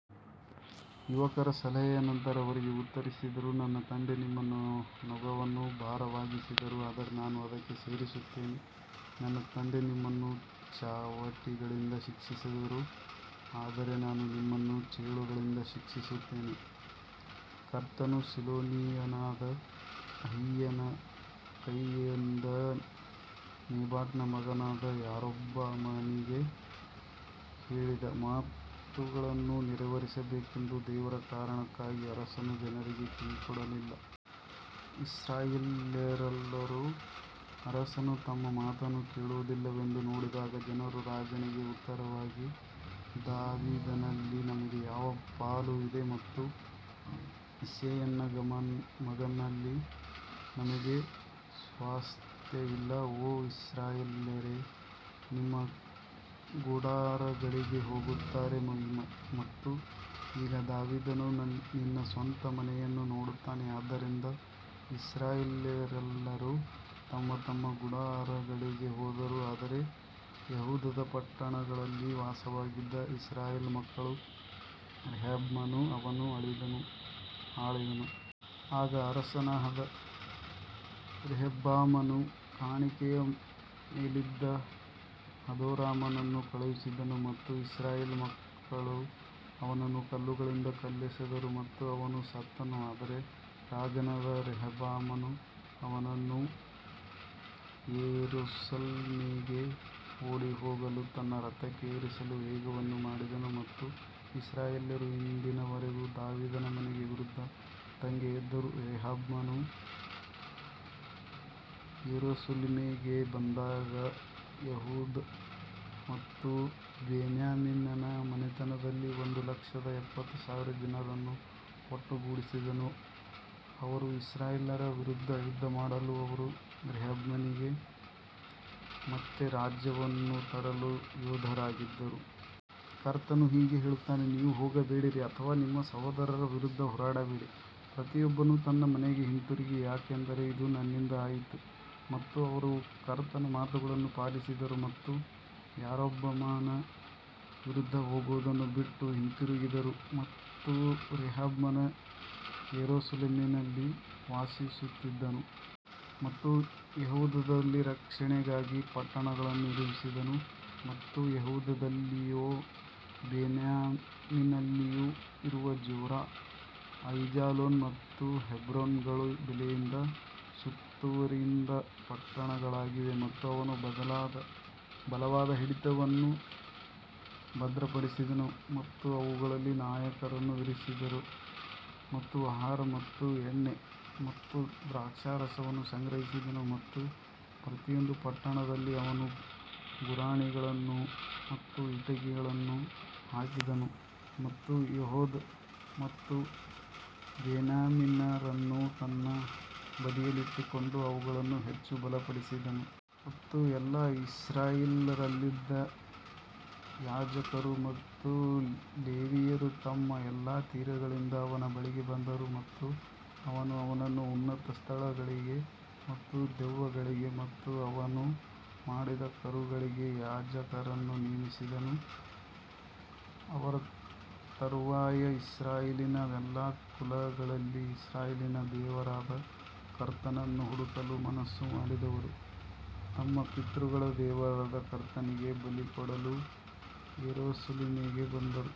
ಯುವಕರ ಸಲಹೆಯ ನಂತರ ಅವರಿಗೆ ಉತ್ತರಿಸಿದರು, ನನ್ನ ತಂದೆ ನಿಮ್ಮ ನೊಗವನ್ನು ಭಾರವಾಗಿಸಿದರು ಆದರೆ ನಾನು ಅದಕ್ಕೆ ಸೇರಿಸುತ್ತೇನೆ ನನ್ನ ತಂದೆ ನಿಮ್ಮನ್ನು ಚಾವಟಿಗಳಿಂದ ಶಿಕ್ಷಿಸಿದರು ಆದರೆ ನಾನು ನಿಮ್ಮನ್ನು ಚೇಳುಗಳಿಂದ ಶಿಕ್ಷಿಸುತ್ತೇನೆ. ಕರ್ತನು ಶಿಲೋನಿಯನಾದ ಅಹೀಯನ ಕೈಯಿಂದ ನೆಬಾಟನ ಮಗನಾದ ಯಾರೊಬ್ಬಾಮನಿಗೆ ಹೇಳಿದ ಮಾತುಗಳನ್ನು ನೆರವೇರಿಸಬೇಕೆಂದು ದೇವರ ಕಾರಣಕ್ಕಾಗಿ ಅರಸನು ಜನರಿಗೆ ಕಿವಿಗೊಡಲಿಲ್ಲ. ಇಸ್ರಾಯೇಲ್ಯರೆಲ್ಲರೂ ಅರಸನು ತಮ್ಮ ಮಾತನ್ನು ಕೇಳುವುದಿಲ್ಲವೆಂದು ನೋಡಿದಾಗ ಜನರು ರಾಜನಿಗೆ ಉತ್ತರವಾಗಿ ದಾವೀದನಲ್ಲಿ ನಮಗೆ ಯಾವ ಪಾಲು ಇದೆ ಮತ್ತು ಇಸ್ಸೆಯನ ಮಗನಲ್ಲಿ ನಮಗೆ ಸ್ವಾಸ್ತ್ಯವಿಲ್ಲ, ಓ ಇಸ್ರಾಯೇಲ್ಯರು ನಿಮ್ಮ ಗುಡಾರಗಳಿಗೆ ಹೋಗುತ್ತಾರೆ ಮತ್ತು ಈಗ ದಾವೀದನು ನಿನ್ನ ಸ್ವಂತ ಮನೆಯನ್ನು ನೋಡುತ್ತಾನೆ. ಆದ್ದರಿಂದ ಇಸ್ರಾಯೇಲ್ಯರೆಲ್ಲರೂ ತಮ್ಮ ತಮ್ಮ ಗುಡಾರಗಳಿಗೆ ಹೋದರು ಆದರೆ ಯೆಹೂದದ ಪಟ್ಟಣಗಳಲ್ಲಿ ವಾಸವಾಗಿದ್ದ ಇಸ್ರಾಯೇಲ್ ಮಕ್ಕಳು ರೆಹಬ್ಬಾಮನು ಅವರನ್ನು ಆಳಿದನು. ಆಗ ಅರಸನಾದ ರೆಹಬ್ಬಾಮನು ಕಾಣಿಕೆಯ ಮೇಲಿದ್ದ ಹದೋರಾಮನನ್ನು ಕಳುಹಿಸಿದನು ಮತ್ತು ಇಸ್ರಾಯೇಲ್ ಮಕ್ಕಳು ಅವನನ್ನು ಕಲ್ಲುಗಳಿಂದ ಕಲ್ಲೆಸೆದರು ಮತ್ತು ಅವನು ಸತ್ತನು ಆದರೆ ರಾಜನಾದ ರೆಹಬ್ಬಾಮನು ಅವನನ್ನು ಯೆರೂಸಲೇಮಿಗೆ ಓಡಿಹೋಗಲು ತನ್ನ ರಥಕ್ಕೆ ಏರಿಸಲು ವೇಗವನ್ನು ಮಾಡಿದನು. ಮತ್ತು ಇಸ್ರಾಯೇಲ್ಯರು ಇಂದಿನವರೆಗೂ ದಾವೀದನ ಮನೆಯ ವಿರುದ್ಧ ದಂಗೆಯೆದ್ದರು ರೆಹಬ್ಬಾಮನು ಯೆರೂಸಲೇಮಿಗೆ ಬಂದಾಗ ಅವನು ಯೆಹೂದ ಮತ್ತು ಬೆನ್ಯಾಮೀನನ ಮನೆತನದವರಲ್ಲಿ ಒಂದು ಲಕ್ಷದ ಎಪ್ಪತ್ತು ಸಾವಿರ ಜನರನ್ನು ಒಟ್ಟುಗೂಡಿಸಿದನು, ಅವರು ಇಸ್ರಾಯೇಲ್ಯರ ವಿರುದ್ಧ ಯುದ್ಧಮಾಡಲು ಅವರು ರೆಹಬ್ಬಾಮನಿಗೆ ಮತ್ತೆ ರಾಜ್ಯವನ್ನು ತರಲು ಯೋಧರಾಗಿದ್ದರು. ಕರ್ತನು ಹೀಗೆ ಹೇಳುತ್ತಾನೆ ನೀವು ಹೋಗಬೇಡಿರಿ ಅಥವಾ ನಿಮ್ಮ ಸಹೋದರರ ವಿರುದ್ಧ ಹೋರಾಡಬೇಡಿ ಪ್ರತಿಯೊಬ್ಬನು ತನ್ನ ಮನೆಗೆ ಹಿಂತಿರುಗಿ ಯಾಕಂದರೆ ಇದು ನನ್ನಿಂದ ಆಯಿತು ಮತ್ತು ಅವರು ಕರ್ತನ ಮಾತುಗಳನ್ನು ಪಾಲಿಸಿದರು ಮತ್ತು ಯಾರೊಬ್ಬಾಮನ ವಿರುದ್ಧ ಹೋಗುವುದನ್ನು ಬಿಟ್ಟು ಹಿಂತಿರುಗಿದರು. ಮತ್ತು ರೆಹಬ್ಬಾಮನು ಯೆರೂಸಲೇಮಿನಲ್ಲಿ ವಾಸಿಸುತ್ತಿದ್ದನು ಮತ್ತು ಯೆಹೂದದಲ್ಲಿ ರಕ್ಷಣೆಗಾಗಿ ಪಟ್ಟಣಗಳನ್ನು ನಿರ್ಮಿಸಿದನು ಮತ್ತು ಯೆಹೂದದಲ್ಲಿಯೂ ಬೆನ್ಯಾಮೀನ್ನಲ್ಲಿಯೂ ಇರುವ ಜೋರಾ, ಐಜಾಲೋನ್ ಮತ್ತು ಹೆಬ್ರೋನ್ಗಳು ಬೇಲಿಯಿಂದ ಸುತ್ತುವರಿದ ಪಟ್ಟಣಗಳಾಗಿವೆ ಮತ್ತು ಅವನು ಬಲವಾದ ಹಿಡಿತಗಳನ್ನು ಭದ್ರಪಡಿಸಿದನು ಮತ್ತು ಅವುಗಳಲ್ಲಿ ನಾಯಕರನ್ನು ಇರಿಸಿದನು ಮತ್ತು ಆಹಾರ ಮತ್ತು ಎಣ್ಣೆ ಮತ್ತು ದ್ರಾಕ್ಷಾರಸವನ್ನು ಸಂಗ್ರಹಿಸಿದನು ಮತ್ತು ಪ್ರತಿಯೊಂದು ಪಟ್ಟಣದಲ್ಲಿ ಅವನು ಗುರಾಣಿಗಳನ್ನು ಮತ್ತು ಈಟಿಗಳನ್ನು ಹಾಕಿದನು ಮತ್ತು ಯೆಹೂದ ಮತ್ತು ಬೆನ್ಯಾಮಿನರನ್ನು ತನ್ನ ಬದಿಯಲ್ಲಿಟ್ಟುಕೊಂಡು ಅವುಗಳನ್ನು ಹೆಚ್ಚು ಬಲಪಡಿಸಿದನು. ಮತ್ತು ಎಲ್ಲಾ ಇಸ್ರಾಯೇಲ್ಯರಲ್ಲಿದ್ದ ಯಾಜಕರು ಮತ್ತು ಲೇವಿಯರು ತಮ್ಮ ಎಲ್ಲಾ ತೀರಗಳಿಂದ ಅವನ ಬಳಿಗೆ ಬಂದರು ಮತ್ತು ಅವನು ಅವನನ್ನು ಉನ್ನತ ಸ್ಥಳಗಳಿಗೆ ಮತ್ತು ದೆವ್ವಗಳಿಗೆ ಮತ್ತು ಅವನು ಮಾಡಿದ ಕರುಗಳಿಗೆ ಯಾಜಕರನ್ನು ನೇಮಿಸಿದನು. ಅವರ ತರುವಾಯ ಇಸ್ರಾಯೇಲಿನ ಎಲ್ಲಾ ಕುಲಗಳಲ್ಲಿ ಇಸ್ರಾಯೇಲಿನ ದೇವರಾದ ಕರ್ತನನ್ನು ಹುಡುಕಲು ಮನಸ್ಸು ಮಾಡಿದವರು ತಮ್ಮ ಪಿತೃಗಳ ದೇವರಾದ ಕರ್ತನಿಗೆ ಬಲಿಕೊಡಲು ಯೆರೂಸಲೇಮಿಗೆ ಬಂದರು.